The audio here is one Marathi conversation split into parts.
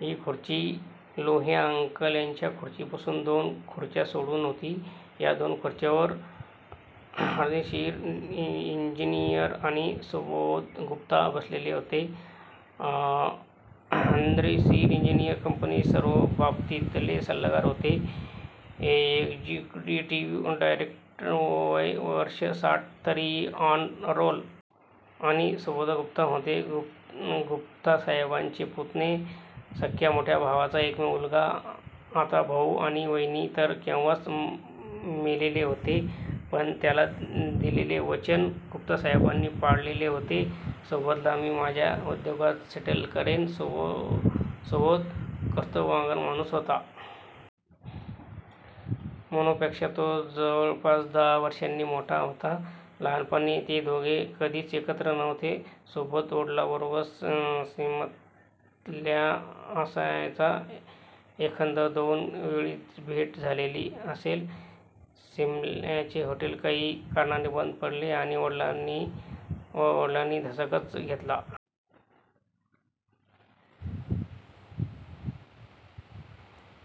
ही खुर्ची लोहिया अंकल यांच्या खुर्चीपासून दोन खुर्च्या सोडून होती. या दोन खुर्च्यांवर अर्देशीर इंजीनीयर आणि सुबोध गुप्ता बसलेले होते. अर्देशीर इंजीनीयर कंपनीचे सर्व बाबतीतले सल्लागार होते. Executive director! वय वर्षे साठ! तरीही ऑन रोल! आणि सुबोध गुप्ता होते गुप्तासाहेबांचे पुतणे! सख्या मोठ्या भावाचा एकमेव मुलगा! आता भाऊ आणि वहिनी तर केव्हाच मेलेले होते. पण त्याला दिलेले वचन गुप्तासाहेबांनी पाळलेले होते. सुबोधला मी माझ्या उद्योगात सेटल करेन! सुबोध कर्तबगार माणूस होता. मोनापेक्षा तो जवळपास दहा वर्षांनी मोठा होता. लहानपणी ते दोघे कधीच एकत्र नव्हते. सुबोध वडिलांबरोबर सिमल्याला असायचा! एखाद दोन वेळाच भेट झालेली असेल. सिमल्याचे हॉटेल काही कारणाने बंद पडले आणि वडिलांनी धसकाच घेतला.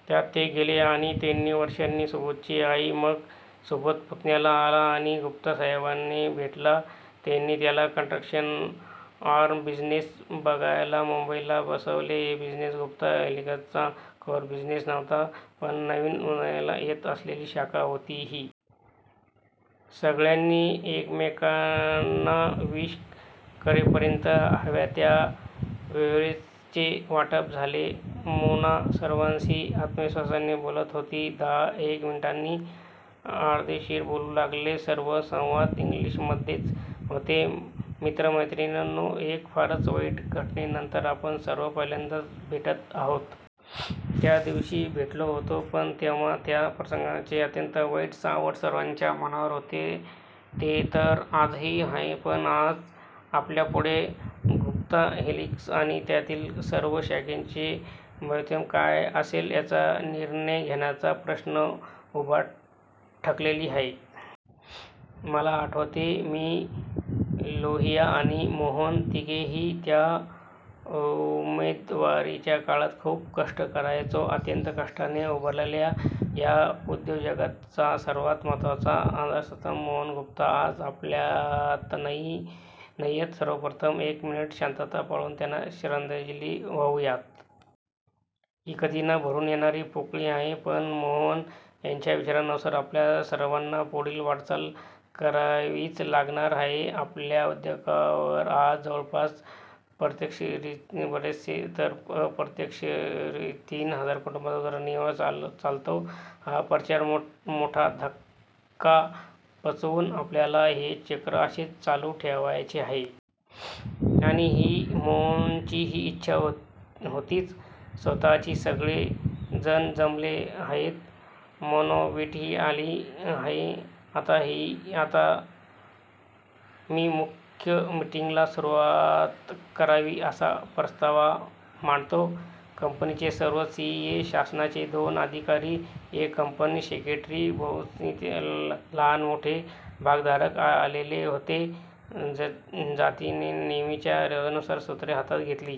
त्यात ते गेले आणि तीन वर्षांनी सुबोधची आई! मग सुबोध पुण्याला आला आणि गुप्तासाहेबांना भेटला. त्यांनी त्याला कन्स्ट्रक्शन आर्म बिझिनेस बघायला मुंबईला बसवले. हा बिझिनेस गुप्ता हेलिक्सचा कोअर बिझिनेस नव्हता. पण नवीन उदयाला येत असलेली शाखा होती ही! सगळ्यांनी एकमेकांना विश करेपर्यंत हव्या त्या बेव्हरेजेसचे वाटप झाले. मोना सर्वांशी आत्मविश्वासाने बोलत होती. दहा एक मिनिटांनी अर्देशीर बोलू लागले. सर्व संवाद इंग्लीशमध्येच होते. मित्र मैत्रिणींनो, एका फारच वाईट घटनेनंतर आपण सर्व पहिल्यांदाच भेटत आहोत. त्या दिवशी भेटलो होतो, पण तेव्हा त्या प्रसंगाचे अत्यंत वाईट सावट सर्वांच्या मनावर होते. ते तर आजही आहे. पण आज आपल्यापुढे गुप्ता हेलिक्स आणि त्यातील सर्व शाखांचे भवितव्य काय असेल याचा निर्णय घेण्याचा प्रश्न उभा ठाकलेला आहे. मला आठवते.. मी, लोहिया आणि मोहन.. तिघेही त्या उमेदवारीच्या काळात खूप कष्ट करायचो. अत्यंत कष्टाने उभारलेल्या या उद्योगजगताचा सर्वात महत्वाचा आधारस्तंभ.. मोहन गुप्ता आज आपल्यात नाहीत. सर्वप्रथम एक मिनिट शांतता पाळून त्यांना श्रद्धांजली वाहूयात! ही कधीही न भरून येणारी पोकळी आहे. पण मोहन यांच्या विचारानुसार आपल्या सर्वांना पुढील वाटचाल करावीच लागणार आहे. आपल्या उद्योगावर आज जवळपास प्रत्यक्षरीत्या बाराशे तर अप्रत्यक्षरीत्या तीन हजार कुटुंबांचा उदरनिर्वाह चालतो. हा प्रचंड मोठा धक्का पचवून आपल्याला हे चक्र असेच चालू ठेवायचे आहे. आणि ही मोहनचीही इच्छा होतीच स्वतःची! सगळे जण जमले आहेत. मोनाबेटीही आली आहे. आता मी मुख्य मीटिंगला सुरुवात करावी असा प्रस्ताव मांडतो " कंपनीचे सर्व सी. ए., शासनाचे दोन अधिकारी, एक कंपनी सेक्रेटरी व बहुतांशी लहानमोठे भागधारक आलेले होते. जतीनने नेहमीच्या रिवाजानुसार सूत्रे हातात घेतली.